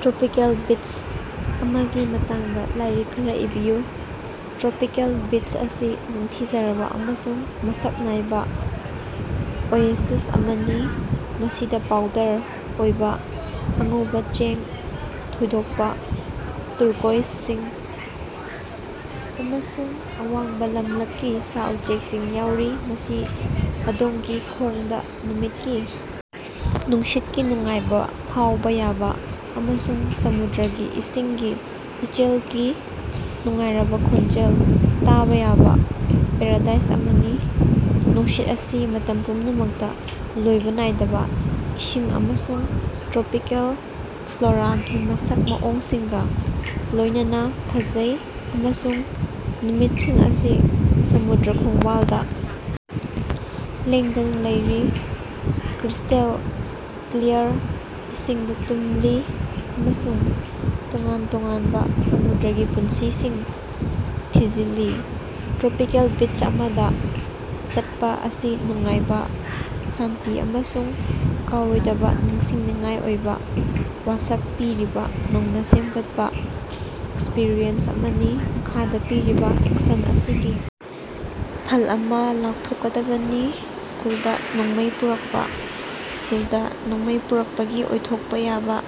Tropical beach ꯑꯃꯒꯤ ꯃꯇꯥꯡꯗ ꯂꯥꯏꯔꯤꯛ ꯈꯔꯥ ꯏꯕꯤꯌꯨ꯫ ꯇ꯭ꯔꯣꯄꯤꯀꯦꯜ ꯕꯤꯆ ꯑꯁꯤ ꯅꯤꯡꯊꯤꯖꯔꯕ ꯑꯃꯁꯨꯡ ꯃꯁꯛ ꯅꯥꯏꯕ ꯑꯣꯌꯦꯁꯤꯁ ꯑꯃꯅꯤ, ꯃꯁꯤꯗ ꯄꯥꯎꯗꯔ ꯑꯣꯏꯕ ꯑꯉꯧꯕ ꯆꯦꯡ, ꯊꯣꯏꯗꯣꯛꯄ‌ ꯇꯨꯔꯀꯣꯏꯁ ꯏꯁꯤꯡ, ꯑꯃꯁꯨꯡ ꯑꯋꯥꯡꯕ ꯂꯝꯂꯛꯀꯤ ꯁꯥ-ꯎꯆꯦꯛꯁꯤꯡ ꯌꯥꯎꯔꯤ꯫ ꯃꯁꯤ ꯑꯗꯣꯝꯒꯤ ꯈꯣꯡꯗ ꯅꯨꯃꯤꯠꯀꯤ ꯅꯨꯡꯁꯤꯠꯀꯤ ꯅꯨꯡꯉꯥꯏꯕꯥ ꯐꯥꯎꯕꯥ ꯌꯥꯕꯥ ꯑꯃꯁꯨꯡ ꯁꯃꯨꯗ꯭ꯔꯒꯤ ꯏꯁꯤꯡꯒꯤ ꯏꯆꯦꯜꯒꯤ ꯅꯨꯡꯉꯥꯏꯔꯕ ꯈꯣꯟꯖꯦꯜ ꯇꯥꯕ ꯌꯥꯕ ꯄꯥꯔꯥꯗꯥꯏꯁ ꯑꯃꯅꯤ꯫ ꯅꯨꯡꯁꯤꯠ ꯑꯁꯤ ꯃꯇꯝ ꯄꯨꯝꯅꯃꯛꯇ ꯂꯣꯏꯕ ꯅꯥꯏꯗꯕ ꯏꯁꯤꯡ ꯑꯃꯁꯨꯡ ꯇ꯭ꯔꯣꯄꯤꯀꯦꯜ ꯐ꯭ꯂꯣꯔꯥꯒꯤ ꯃꯁꯛ ꯃꯑꯣꯡꯁꯤꯡꯒ ꯂꯣꯏꯅꯅ ꯐꯖꯩ, ꯑꯃꯁꯨꯡ ꯅꯨꯃꯤꯠꯁꯤꯡ ꯑꯁꯤ ꯁꯃꯨꯗ꯭ꯔ ꯈꯣꯡꯕꯥꯜꯗ ꯂꯦꯡꯗꯅ ꯂꯩꯔꯤ, ꯀ꯭ꯔꯤꯁꯇꯦꯜ ꯀ꯭ꯂꯤꯌꯥꯔ ꯏꯁꯤꯡꯗ ꯇꯨꯝꯂꯤ ꯑꯃꯁꯨꯡ ꯇꯣꯉꯥꯟ ꯇꯣꯉꯥꯟꯕ ꯁꯃꯨꯗ꯭ꯔꯒꯤ ꯄꯨꯟꯁꯤꯁꯤꯡ ꯊꯤꯖꯤꯜꯂꯤ꯫ ꯇ꯭ꯔꯣꯄꯤꯀꯦꯜ ꯕꯤꯆ ꯑꯃꯗ ꯆꯠꯄ ꯑꯁꯤ ꯅꯨꯡꯉꯥꯏꯕ, ꯁꯥꯟꯇꯤ ꯑꯃꯁꯨꯡ ꯀꯥꯎꯔꯣꯏꯗꯕ ꯅꯤꯡꯁꯤꯡꯅꯤꯡꯉꯥꯏ ꯑꯣꯏꯕ ꯋꯥꯁꯛ ꯄꯤꯔꯤꯕ ꯅꯧꯅ ꯁꯦꯝꯒꯠꯄ ꯑꯦꯛꯁꯄ꯭ꯔꯤꯌꯦꯟꯁ ꯑꯃꯅꯤ꯫ ꯃꯈꯥꯗ ꯄꯤꯔꯤꯕ ꯑꯦꯛꯁꯟ ꯑꯁꯤꯒꯤ ꯐꯜ ꯑꯃ ꯂꯥꯎꯊꯣꯛꯀꯗꯕꯅꯤ꯫ ꯁ꯭ꯀꯨꯜꯗ ꯅꯣꯡꯃꯩ ꯄꯨꯔꯛꯄ꯫ ꯁ꯭ꯀꯨꯜꯗ ꯅꯣꯡꯃꯩ ꯄꯨꯔꯛꯄꯒꯤ ꯑꯣꯏꯊꯣꯛꯄ ꯌꯥꯕ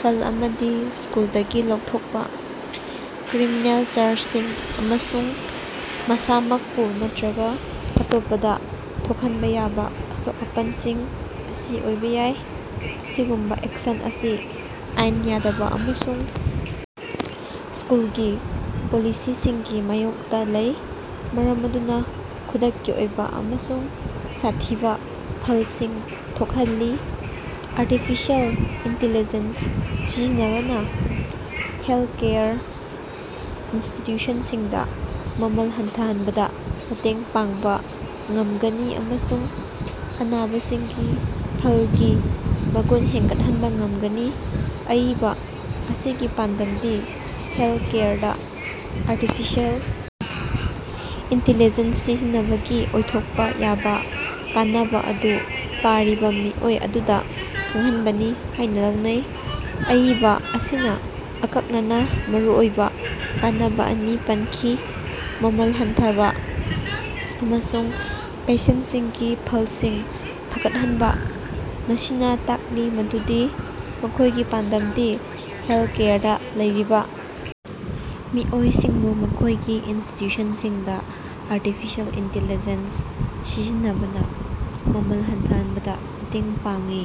ꯐꯜ ꯑꯃꯗꯤ ꯁ꯭ꯀꯨꯜꯗꯒꯤ ꯂꯧꯊꯣꯛꯄ, ꯀ꯭ꯔꯤꯃꯤꯅꯦꯜ ꯆꯥꯔꯖꯁꯤꯡ, ꯑꯃꯁꯨꯡ ꯃꯁꯥꯃꯛꯄꯨ ꯅꯠꯇꯔꯒ ꯑꯇꯣꯞꯄꯗ ꯊꯣꯛꯍꯟꯕ ꯌꯥꯕ ꯑꯁꯣꯛ-ꯑꯄꯟꯁꯤꯡ ꯑꯁꯤ ꯑꯣꯏꯕ ꯌꯥꯏ꯫ ꯑꯁꯤꯒꯨꯝꯕ ꯑꯦꯛꯁꯟ ꯑꯁꯤ ꯑꯥꯏꯟꯅ ꯌꯥꯗꯕ ꯑꯃꯁꯨꯡ ꯁ꯭ꯀꯨꯜꯒꯤ ꯄꯣꯂꯤꯁꯤꯁꯤꯡꯒꯤ ꯃꯥꯌꯣꯛꯇ ꯂꯩ, ꯃꯔꯝ ꯑꯗꯨꯅ ꯈꯨꯗꯛꯀꯤ ꯑꯣꯏꯕ ꯑꯃꯁꯨꯡ ꯁꯥꯊꯤꯕ ꯐꯜꯁꯤꯡ ꯊꯣꯛꯍꯜꯂꯤ꯫ ꯑꯥꯔꯇꯤꯐꯤꯁꯤꯑꯦꯜ ꯏꯟꯇꯤꯂꯤꯖꯦꯟꯁ ꯁꯤꯖꯤꯟꯅꯕꯅ ꯍꯦꯜꯊꯀꯦꯌꯔ ꯏꯟꯁꯇꯤꯇ꯭ꯌꯨꯁꯟꯁꯤꯡꯗ ꯃꯃꯜ ꯍꯟꯊꯍꯟꯕꯗ ꯃꯇꯦꯡ ꯄꯥꯡꯕ ꯉꯝꯒꯅꯤ ꯑꯃꯁꯨꯡ ꯑꯅꯥꯕꯁꯤꯡꯒꯤ ꯐꯜꯒꯤ ꯃꯒꯨꯟ ꯍꯦꯟꯒꯠꯍꯟꯕ ꯉꯝꯒꯅꯤ꯫ ꯑꯏꯕ ꯑꯁꯤꯒꯤ ꯄꯥꯟꯗꯝꯗꯤ ꯍꯦꯜꯊꯀꯦꯌꯔꯗ ꯑꯥꯔꯇꯤꯐꯤꯁꯤꯑꯦꯜ ꯏꯟꯇꯤꯂꯤꯖꯦꯟꯁ ꯁꯤꯖꯤꯟꯅꯕꯒꯤ ꯑꯣꯏꯊꯣꯛꯄ ꯌꯥꯕ ꯀꯥꯟꯅꯕ ꯑꯗꯨ ꯄꯥꯔꯤꯕ ꯃꯤꯑꯣꯏ ꯑꯗꯨꯗ ꯈꯪꯍꯟꯕꯅꯤ ꯍꯥꯥꯏꯅ ꯂꯧꯅꯩ꯫ ꯑꯏꯕ ꯑꯁꯤꯅ ꯑꯀꯛꯅꯅ ꯃꯔꯨꯑꯣꯏꯕ ꯀꯥꯟꯅꯕ ꯑꯅꯤ ꯄꯟꯈꯤ - ꯃꯃꯜ ꯍꯟꯊꯕ ꯑꯃꯁꯨꯡ ꯄꯦꯁꯦꯟꯠꯁꯤꯡꯒꯤ ꯐꯜꯁꯤꯡ ꯐꯒꯠꯍꯟꯕ, ꯃꯁꯤꯅ‌ ꯇꯥꯛꯂꯤ ꯃꯗꯨꯗꯤ ꯃꯈꯣꯏꯒꯤ ꯄꯥꯟꯗꯝꯗꯤ ꯍꯦꯜꯊꯀꯦꯌꯔꯗ ꯂꯩꯔꯤꯕ ꯃꯤꯑꯣꯏꯁꯤꯡꯕꯨ ꯃꯈꯣꯏꯒꯤ ꯏꯟꯁꯇꯤꯇ꯭ꯌꯨꯁꯟꯁꯤꯡꯗ ꯑꯥꯔꯇꯤꯐꯤꯁꯤꯑꯦꯜ ꯏꯟꯇꯤꯂꯤꯖꯦꯟꯁ ꯁꯤꯖꯤꯟꯅꯕꯅ ꯃꯃꯜ ꯍꯟꯊꯍꯟꯕꯗ ꯃꯇꯦꯡ ꯄꯥꯡꯉꯤ꯫